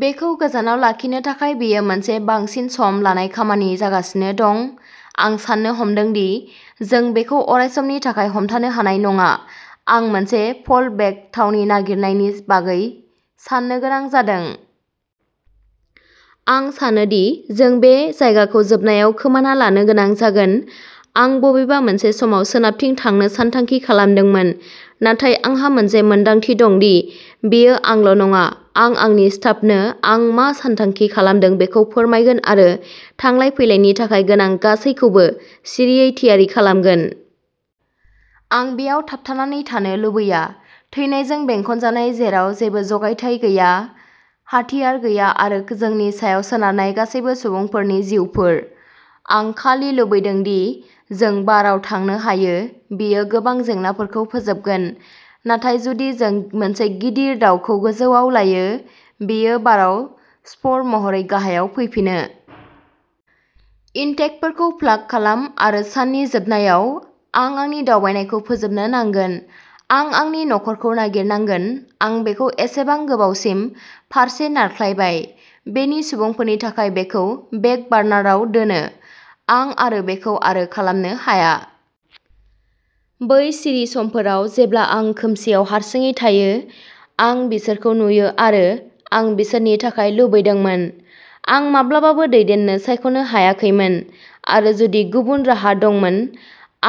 बेखौ गोजानाव लाखिनो थाखाय बेयो मोनसे बांसिन सम लानाय खामानि जागासिनो दं। आं साननो हमदों दि जों बेखौ अरायसमनि थाखाय हमथानो हानाय नङा। आं मोनसे फ'ल बेक थावनि नागिरनायनि बागै साननो गोनां जादों। आं सानो दि जों बे जायगाखौ जोबनायाव खोमाना लानो गोनां जागोन। आं बबेबा मोनसे समाव सोनाबथिं थांनो सानथांखि खालामदोंमोन, नाथाय आंहा मोनसे मोनदांथि दं दि बेयो आंल' नङा। आं आंनि स्टाफनो आं मा सानथांखि खालामदों बेखौ फोरमायगोन आरो थांलाय फैलायनि थाखाय गोनां गासैखौबो सिरियै थियारि खालामगोन। आं बेयाव थाबथानानै थानो लुबैया, थैनायजों बेंखनजानाय जेराव जेबो जगायथाय गैया, हाथियार गैया, आरो जोंनि सायाव सोनारनाय गासैबो सुबुंफोरनि जिउफोर। आं खालि लुबैदों दि जों बाराव थांनो हायो, बेयो गोबां जेंनाफोरखौ फोजोबगोन, नाथाय जुदि जों मोनसे गिदिर दाउखौ गोजौआव लायो, बेयो बाराव स्पर महरै गाहायाव फैफिनो। इनटेकफोरखौ प्लाग खालाम। आरो, साननि जोबनायाव, आं आंनि दावबायनायखौ फोजोबनो नांगोन। आं आंनि नखरखौ नागिरनांगोन। आं बेखौ एसेबां गोबावसिम फारसे नारख्लायबाय, बेनि सुबुंफोरनि थाखाय बेखौ बेक बार्नाराव दोनो, आं बेखौ आरो खालामनो हाया। बै सिरि समफोराव, जेब्ला आं खोमसिआव हारसिङै थायो, आं बिसोरखौ नुयो आरो आं बिसोरनि थाखाय लुबैदोंमोन। आं माब्लाबाबो दैदेननो सायख'नो हायाखैमोन, आरो जुदि गुबुन राहा दंमोन,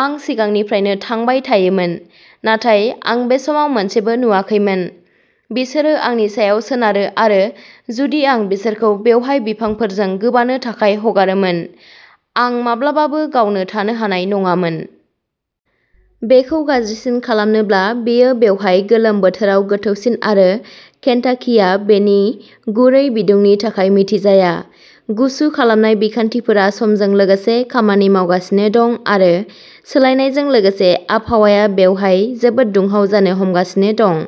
आं सिगांनिफ्रायनो थांबाय थायोमोन, नाथाय आं बे समाव मोनसेबो नुवाखैमोन, बिसोरो आंनि सायाव सोनारो, आरो जुदि आं बिसोरखौ बेवहाय बिफांफोरजों गोबानो थाखाय हगारोमोन, आं माब्लाबाबो गावनो थानो हानाय नङामोन। बेखौ गाज्रिसिन खालामनोब्ला, बेयो बेवहाय गोलोम बोथोराव गोथौसिन, आरो केन्टाकिआ बेनि गुरै बिदुंनि थाखाय मिथिजाया। गुसु खालामनाय बिखान्थिफोरा समजों लोगोसे खामानि मावगासिनो दं, आरो सोलायनायजों लोगोसे आबहावाया बेवहाय जोबोद दुंहाव जानो हमगासिनो दं।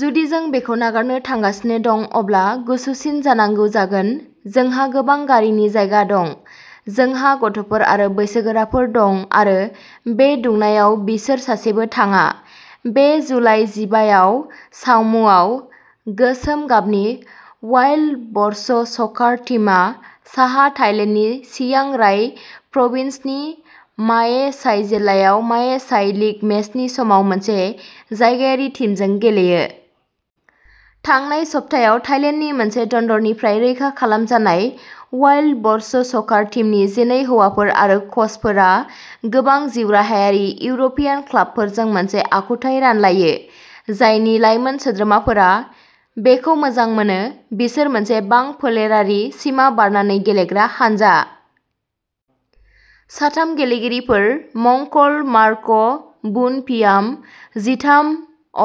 जुदि जों बेखौ नागारनो थांगासिनो दं, अब्ला गुसुसिन जानांगौ जागोन, जोंहा गोबां गारिनि जायगा दं, जोंहा गथ'फोर आरो बैसोगोराफोर दं, आरो बे दुंनायाव बिसोर सासेबो थाङा। बे जुलाइ जिबा याव, सावमुआव, गोसोम गाबनि अवाइल्ड ब'र्स स'कार टिमआ, साहा थाइलेन्डनि चियां राय प्रभिन्सनि माए साइ जिल्लायाव माए साइ लिग मेचनि समाव मोनसे जायगायारि टिमजों गेलेयो। थांनाय सप्तायाव थाइलेन्डनि मोनसे दन्दरनिफ्राय रैखा खालामजानाय अवाइल्ड ब'र्स स'कार टिमनि जिनै हौवाफोर आरो कचफोरा गोबां जिउराहायारि इउर'पियान क्लाबफोरजों मोनसे आखुथाय रानलायो, जायनि लाइमोन सोद्रोमाफोरा बेखौ मोजां मोनो बिसोर मोनसे बां फोलेरारि, सिमा बारनानै गेलेग्रा हानजा। साथाम गेलेगिरिफोर मंकल मार्क बुनपियाम, जिथाम,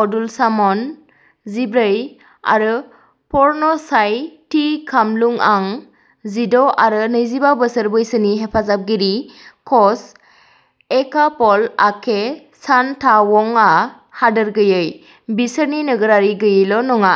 अदुल साम'न, जिब्रै, आरो पर्नचाइ टि खामलुआं, जिद’ आरो नैजिबा बोसोर बैसोनि हेफाजाबगिरि कच एकापल आके चानथावंआ हादोर गैयै, बिसोरनि नोगोरारि गैयैल' नङा।